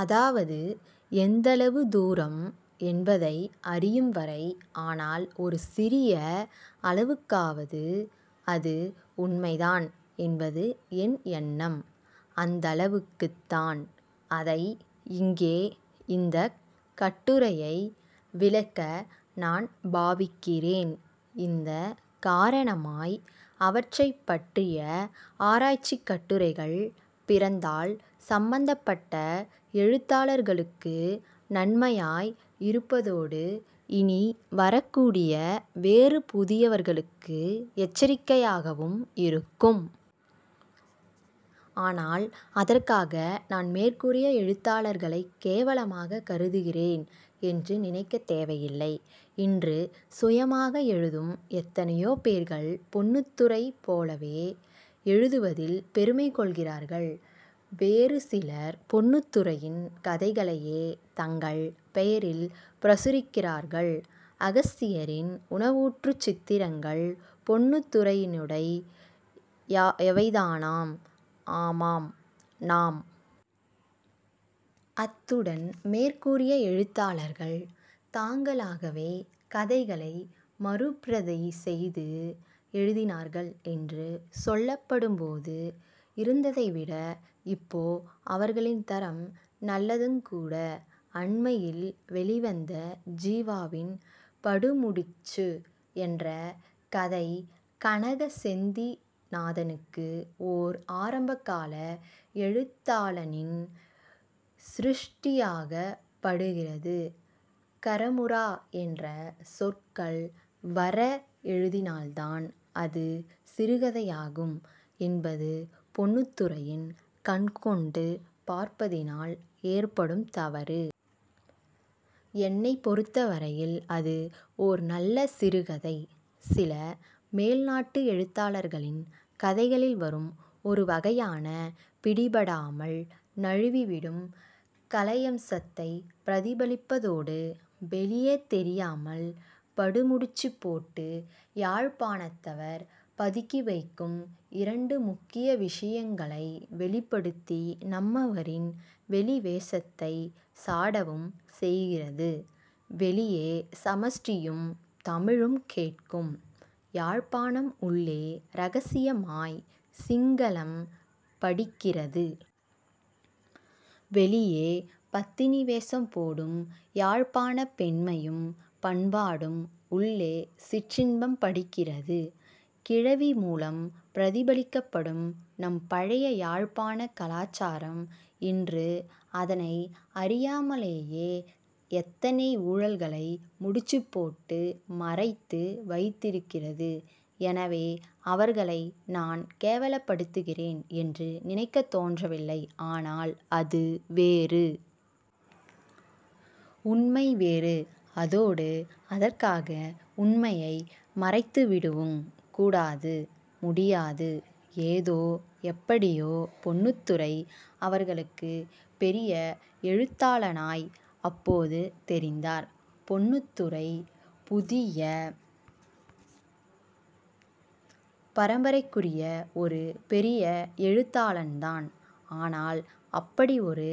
அதாவது, எந்தளவு தூரம் என்பதை அறியும்வரை. ஆனால் ஒரு சிறிய அளவுக்காவது அது உண்மைதான் என்பது என் எண்ணம். அந்தளவுக்குத் தான் அதை இங்கே இந்தக் கட்டுரையை விளக்க நான் பாவிக்கிறேன். இந்த காரணமாய் அவற்றைப்பற்றிய ஆராய்ச்சிக் கட்டுரைகள் பிறந்தால் சம்பந்தப்பட்ட எழுத்தாளர்களுக்கு நன்மையாய் இருப்பதோடு இனி வரக்கூடிய வேறு புதியவர்களுக்கு எச்சரிக்கையாகவும் இருக்கும். ஆனால், அதற்காக நான் மேற்கூறிய எழுத்தாளர்களைக் கேவலமாகக் கருதுகிறேன் என்று நினைக்கத் தேவையில்லை. இன்று சுயமாக எழுதும் எத்தனையோ பேர்கள் பொன்னுத்துரை போலவே எழுதுவதில் பெருமை கொள்கிறார்கள். வேறு சிலர் பொன்னுத்துரையின் கதைகளையே தங்கள் பெயரில் பிரசுரிக்கிறார்கள். அகஸ்தியரின் 'உணர்வூற்றுச் சித்திரங்கள்' பொன்னுத்துரையினுடையவைதானாம். ஆமாம், 'னாம். அத்துடன், மேற்கூறிய எழுத்தாளர்கள் தாங்களாகவே கதைகளை மறுபிரதி செய்து எழுதினார்கள் என்று சொல்லப்படும்போது இருந்ததைவிட, இப்போ அவர்களின் தரம் நல்லதுங்கூட. அண்மையில் வெளிவந்த ஜீவாவின் 'படுமுடிச்சு' என்ற கதை கனக செந்திநாதனுக்கு ஓர் ஆரம்பகால எழுத்தாளனின் சிருஷ்டியாகப் படுகிறது. 'கறமுறா' என்ற சொற்கள் வர எழுதினால்தான் அது சிறுகதையாகும் என்பது பொன்னுத்துரையின் கண்கொண்டு பார்ப்பதினால் ஏற்படும் தவறு. என்னைப் பொருத்தவரையில் அது ஓர் நல்ல சிறு கதை. சில மேல்நாட்டு எழுத்தாளர்களின் கதைகளில் வரும் ஒருவகையான பிடிபடாமல் நழுவிவிடும் கலையம்சத்தைப் பிரதிபலிப்பதோடு, வெளியே தெரியாமல் படுமுடிச்சுப் போட்டு யாழ்ப்பாணத்தவர் பதுக்கிவைக்கும் இரண்டு முக்கிய விஷயங்களை வெளிப்படுத்தி நம்மவரின் வெளி வேசத்தைச் சாடவும் செய்கிறது. வெளியே சமஷ்டியும் தமிழும் கேட்கும் யாழ்ப்பாணம் உள்ளே இரகசியமாய் சிங்களம் படிக்கிறது. வெளியே பத்தினி வேசம் போடும் யாழ்ப்பாணப் பெண்மையும் பண்பாடும் உள்ளே 'சிற்றின்பம்' படிக்கிறது. கிழவி மூலம் பிரதிபலிக்கப்படும் நம் பழைய யாழ்ப்பாணக் கலாச்சாரம் இன்று அதனை அறியாமலேயே எத்தனை ஊழல்களை முடிச்சுப்போட்டு மறைத்து வைத்திருக்கிறது. எனவே, அவர்களை நான் கேவலப்படுத்துகிறேன் என்று நினைக்கத் தோன்றவில்லை. ஆனால் அது வேறு. உண்மை வேறு. அதோடு, அதற்காக உண்மையை மறைத்துவிடவுங் கூடாது, முடியாது. ஏதோ, எப்படியோ பொன்னுத்துரை அவர்களுக்குப் பெரிய எழுத்தாளனாய் அப்போது தெரிந்தார். பொன்னத்துரை புதிய பரம்பரைக்குரிய ஓரு பெரிய எழுத்தாளன்தான். ஆனால் அப்படி ஒரு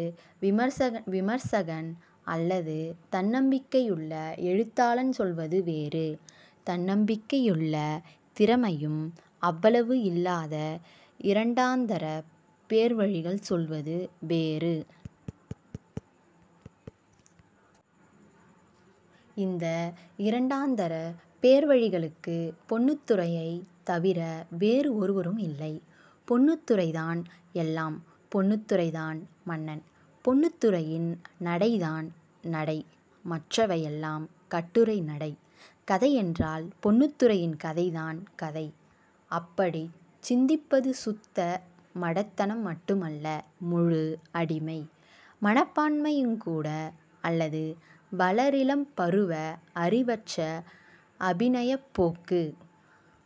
விமர்சகன் அல்லது தன்னம்பிக்கையுள்ள எழுத்தாளன் சொல்வது வேறு, தன்னம்பிக்கையுள்ள திறமையும் அவ்வளவு இல்லாத இரண்டாந்தரப் பேர்வழிகள் சொல்வது வேறு. இந்த இரண்டாந்தரப் பேர்வழிகளுக்கு பொன்னுத்துரையைத் தவிர வேறு ஒருவரும் இல்லை. பொன்னுத்துரைதான் எல்லாம். பொன்னுத்துரைதான் மன்னன். பொன்னுத்துரையின் நடைதான் நடை. மற்றவை எல்லாம் கட்டுரை நடை. கதையென்றால் பொன்னுத்துரையின் கதைதான் கதை! அப்படிச் சிந்திப்பது சுத்த மடத்தனம் மட்டுமல்ல, முழு அடிமை மனப்பான்மையுங்கூட, அல்லது வளரிளம் பருவ அறிவற்ற அபிநயப்போக்கு.